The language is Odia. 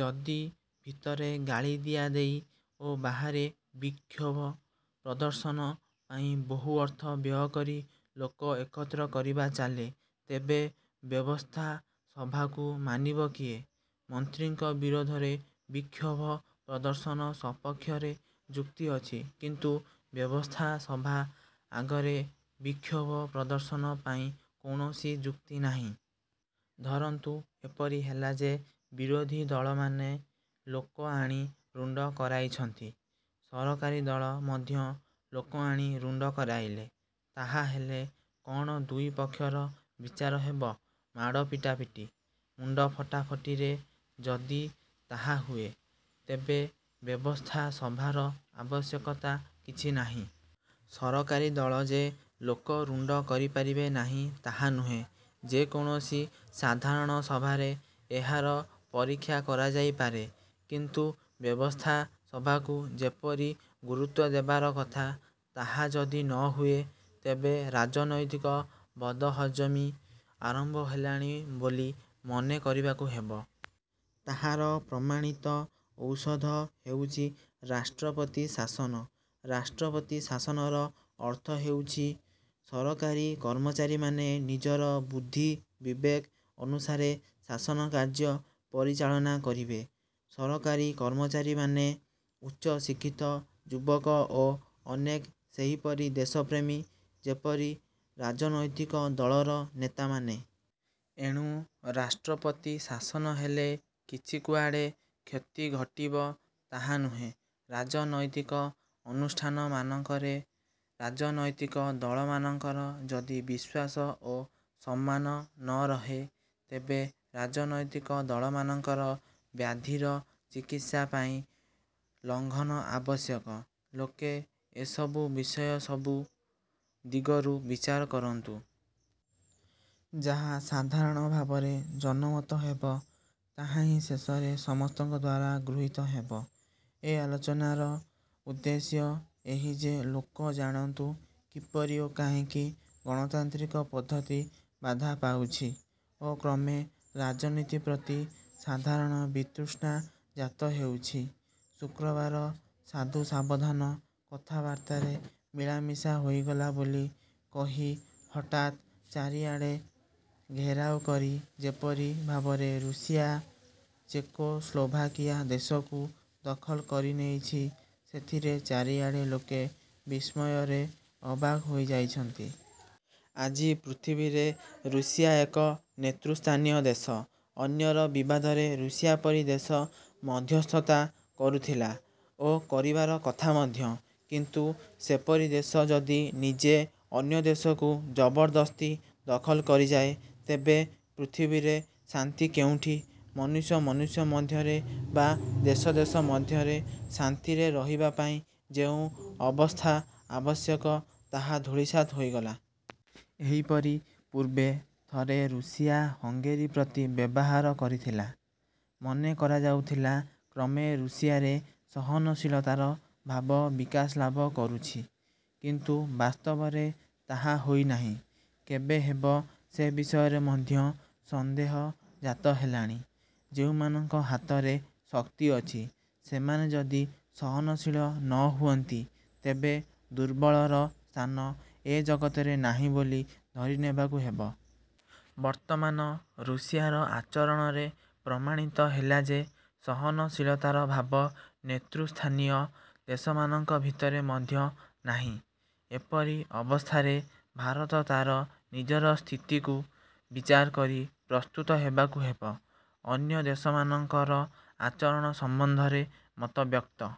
ଯଦି ଭିତରେ ଗାଳି ଦିଆଦେଇ ଓ ବାହାରେ ବିକ୍ଷୋଭ ପ୍ରଦର୍ଶନ ପାଇଁ ବହୁ ଅର୍ଥ ବ୍ୟୟକରି ଲୋକ ଏକତ୍ର କରିବା ଚାଲେ, ତେବେ ବ୍ୟବସ୍ଥାସଭାକୁ ମାନିବ କିଏ? ମନ୍ତ୍ରୀଙ୍କ ବିରୋଧରେ ବିକ୍ଷୋଭ ପ୍ରଦର୍ଶନ ସପକ୍ଷରେ ଯୁକ୍ତି ଅଛି; କିନ୍ତୁ ବ୍ୟବସ୍ଥାସଭା ଆଗରେ ବିକ୍ଷୋଭ ପ୍ରଦର୍ଶନ ପାଇଁ କୌଣସି ଯୁକ୍ତି ନାହିଁ। ଧରନ୍ତୁ ଏପରି ହେଲା ଯେ ବିରୋଧୀ ଦଳମାନେ ଲୋକ ଆଣି ରୁଣ୍ଡ କରାଇଛନ୍ତି। ସରକାରୀ ଦଳ ମଧ୍ୟ ଲୋକ ଆଣି ରୁଣ୍ଡ କରାଇଲେ। ତାହାହେଲେ କଅଣ ଦୁଇ ପକ୍ଷର ବିଚାର ହେବ ମାଡ଼ପିଟାପିଟି, ମୁଣ୍ଡ ଫଟାଫଟିରେ? ଯଦି ତାହା ହୁଏ, ତେବେ ବ୍ୟବସ୍ଥାସଭାର ଆବଶ୍ୟକତା କିଛି ନାହିଁ। ସରକାରୀ ଦଳ ଯେ ଲୋକ ରୁଣ୍ଡ କରିପାରିବେ ନାହିଁ ତାହା ନୁହେଁ। ଯେ କୌଣସି ସାଧାରଣ ସଭାରେ ଏହାର ପରୀକ୍ଷା କରାଯାଇ ପାରେ; କିନ୍ତୁ ବ୍ୟବସ୍ଥାସଭାକୁ ଯେପରି ଗୁରୁତ୍ୱ ଦେବାର କଥା ତାହା ଯଦି ନହୁଏ, ତେବେ ରାଜନୈତିକ ବଦ୍ହଜମି ଆରମ୍ଭ ହେଲାଣି ବୋଲି ମନେ କରିବାକୁ ହେବ। ତାହାର ପ୍ରମାଣିତ ଔଷଧ ହେଉଛି ରାଷ୍ଟ୍ରପତି ଶାସନ। ରାଷ୍ଟ୍ରପତି ଶାସନର ଅର୍ଥ ହେଉଛି ସରକାରୀ କର୍ମଚାରୀମାନେ ନିଜର ବୁଦ୍ଧି ବିବେକ ଅନୁସାରେ ଶାସନ କାର୍ଯ୍ୟ ପରିଚାଳନା କରିବେ। ସରକାରୀ କର୍ମଚାରୀମାନେ ଉଚ୍ଚ ଶିକ୍ଷିତ ଯୁବକ ଓ ଅନେକ ସେହିପରି ଦେଶପ୍ରେମୀ ଯେପରି ରାଜନୈତିକ ଦଳର ନେତାମାନେ। ଏଣୁ ରାଷ୍ଟ୍ରପତି ଶାସନ ହେଲେ କିଛି କୁଆଡ଼େ କ୍ଷତି ଘଟିବ, ତାହା ନୁହେଁ। ରାଜନୈତିକ ଅନୁଷ୍ଠାନମାନଙ୍କରେ ରାଜନୈତିକ ଦଳମାନଙ୍କର ଯଦି ବିଶ୍ୱାସ ଓ ସମ୍ମାନ ନରହେ, ତେବେ ରାଜନୈତିକ ଦଳମାନଙ୍କର ବ୍ୟାଧିର ଚିକିତ୍ସା ପାଇଁ ଲଂଘନ ଆବଶ୍ୟକ। ଲୋକେ ଏସବୁ ବିଷୟ ସବୁ ଦିଗରୁ ବିଚାର କରନ୍ତୁ। ଯାହା ସାଧାରଣ ଭାବରେ ଜନମତ ହେବ, ତାହା ହିଁ ଶେଷରେ ସମସ୍ତଙ୍କଦ୍ୱାରା ଗୃହୀତ ହେବ। ଏ ଆଲୋଚନାର ଉଦ୍ଦେଶ୍ୟ ଏହି ଯେ ଲୋକ ଜାଣନ୍ତୁ କିପରି ଓ କାହିଁକି ଗଣତାନ୍ତ୍ରିକ ପଦ୍ଧତି ବାଧାପାଉଛି ଓ କ୍ରମେ ରାଜନୀତି ପ୍ରତି ସାଧାରଣ ବିତୃଷ୍ଣା ଜାତହେଉଛି। ଶୁକ୍ରବାର ସାଧୁ ସାବଧାନ କଥାବାର୍ତ୍ତାରେ ମିଳାମିଶା ହୋଇଗଲା ବୋଲି କହି ହଠାତ୍ ଚାରିଆଡ଼େ ଘେରାଉ କରି ଯେପରି ଭାବରେ ରୁଷିଆ ଚେକୋସ୍ଲୋଭାକିଆ ଦେଶକୁ ଦଖଲ କରିନେଇଛି, ସେଥିରେ ଚାରିଆଡ଼େ ଲୋକେ ବିସ୍ମୟରେ ଅବାକ ହୋଇ ଯାଇଛନ୍ତି। ଆଜି ପୃଥିବୀରେ ରୁଷିଆ ଏକ ନେତୃ ସ୍ଥାନୀୟ ଦେଶ। ଅନ୍ୟର ବିବାଦରେ ରୁଷିଆ ପରି ଦେଶ ମଧ୍ୟସ୍ଥତା କରୁଥିଲା ଓ କରିବାର କଥା ମଧ୍ୟ; କିନ୍ତୁ ସେପରି ଦେଶ ଯଦି ନିଜେ ଅନ୍ୟ ଦେଶକୁ ଜବରଦସ୍ତି ଦଖଲ କରିଯାଏ, ତେବେ ପୃଥିବୀରେ ଶାନ୍ତି କେଉଁଠି। ମନୁଷ୍ୟ ମନୁଷ୍ୟ ମଧ୍ୟରେ ବା ଦେଶ ଦେଶ ମଧ୍ୟରେ ଶାନ୍ତିରେ ରହିବାପାଇଁ ଯେଉଁ ଅବସ୍ଥା ଆବଶ୍ୟକ ତାହା ଧୂଳିସାତ ହୋଇଗଲା। ଏହିପରି ପୂର୍ବେ ଥରେ ରୁଷିଆ ହଙ୍ଗେରି ପ୍ରତି ବ୍ୟବହାର କରିଥିଲା। ମନେ କରାଯାଉଥିଲା, କ୍ରମେ ରୁଷିଆରେ ସହନଶୀଳତାର ଭାବ ବିକାଶ ଲାଭ କରୁଛି; କିନ୍ତୁ ବାସ୍ତବରେ ତାହା ହୋଇନାହିଁ। କେବେ ହେବ ସେ ବିଷୟରେ ମଧ୍ୟ ସନ୍ଦେହଜାତ ହେଲାଣି। ଯେଉଁମାନଙ୍କ ହାତରେ ଶକ୍ତି ଅଛି, ସେମାନେ ଯଦି ସହନଶୀଳ ନ ହୁଅନ୍ତି, ତେବେ ଦୁର୍ବଳର ସ୍ଥାନ ଏ ଜଗତରେ ନାହିଁ ବୋଲି ଧରିନେବାକୁ ହେବ। ବର୍ତ୍ତମାନ ରୁଷିଆର ଆଚରଣରେ ପ୍ରମାଣିତ ହେଲା ଯେ ସହନଶୀଳତାର ଭାବ ନେତୃସ୍ଥାନୀୟ ଦେଶମାନଙ୍କ ଭିତରେ ମଧ୍ୟ ନାହିଁ। ଏପରି ଅବସ୍ଥାରେ ଭାରତ ତା'ର ନିଜର ସ୍ଥିତିକୁ ବିଚାରକରି ପ୍ରସ୍ତୁତ ହେବାକୁ ହେବ। ଅନ୍ୟ ଦେଶମାନଙ୍କର ଆଚରଣ ସମ୍ବନ୍ଧରେ ମତବ୍ୟକ୍ତ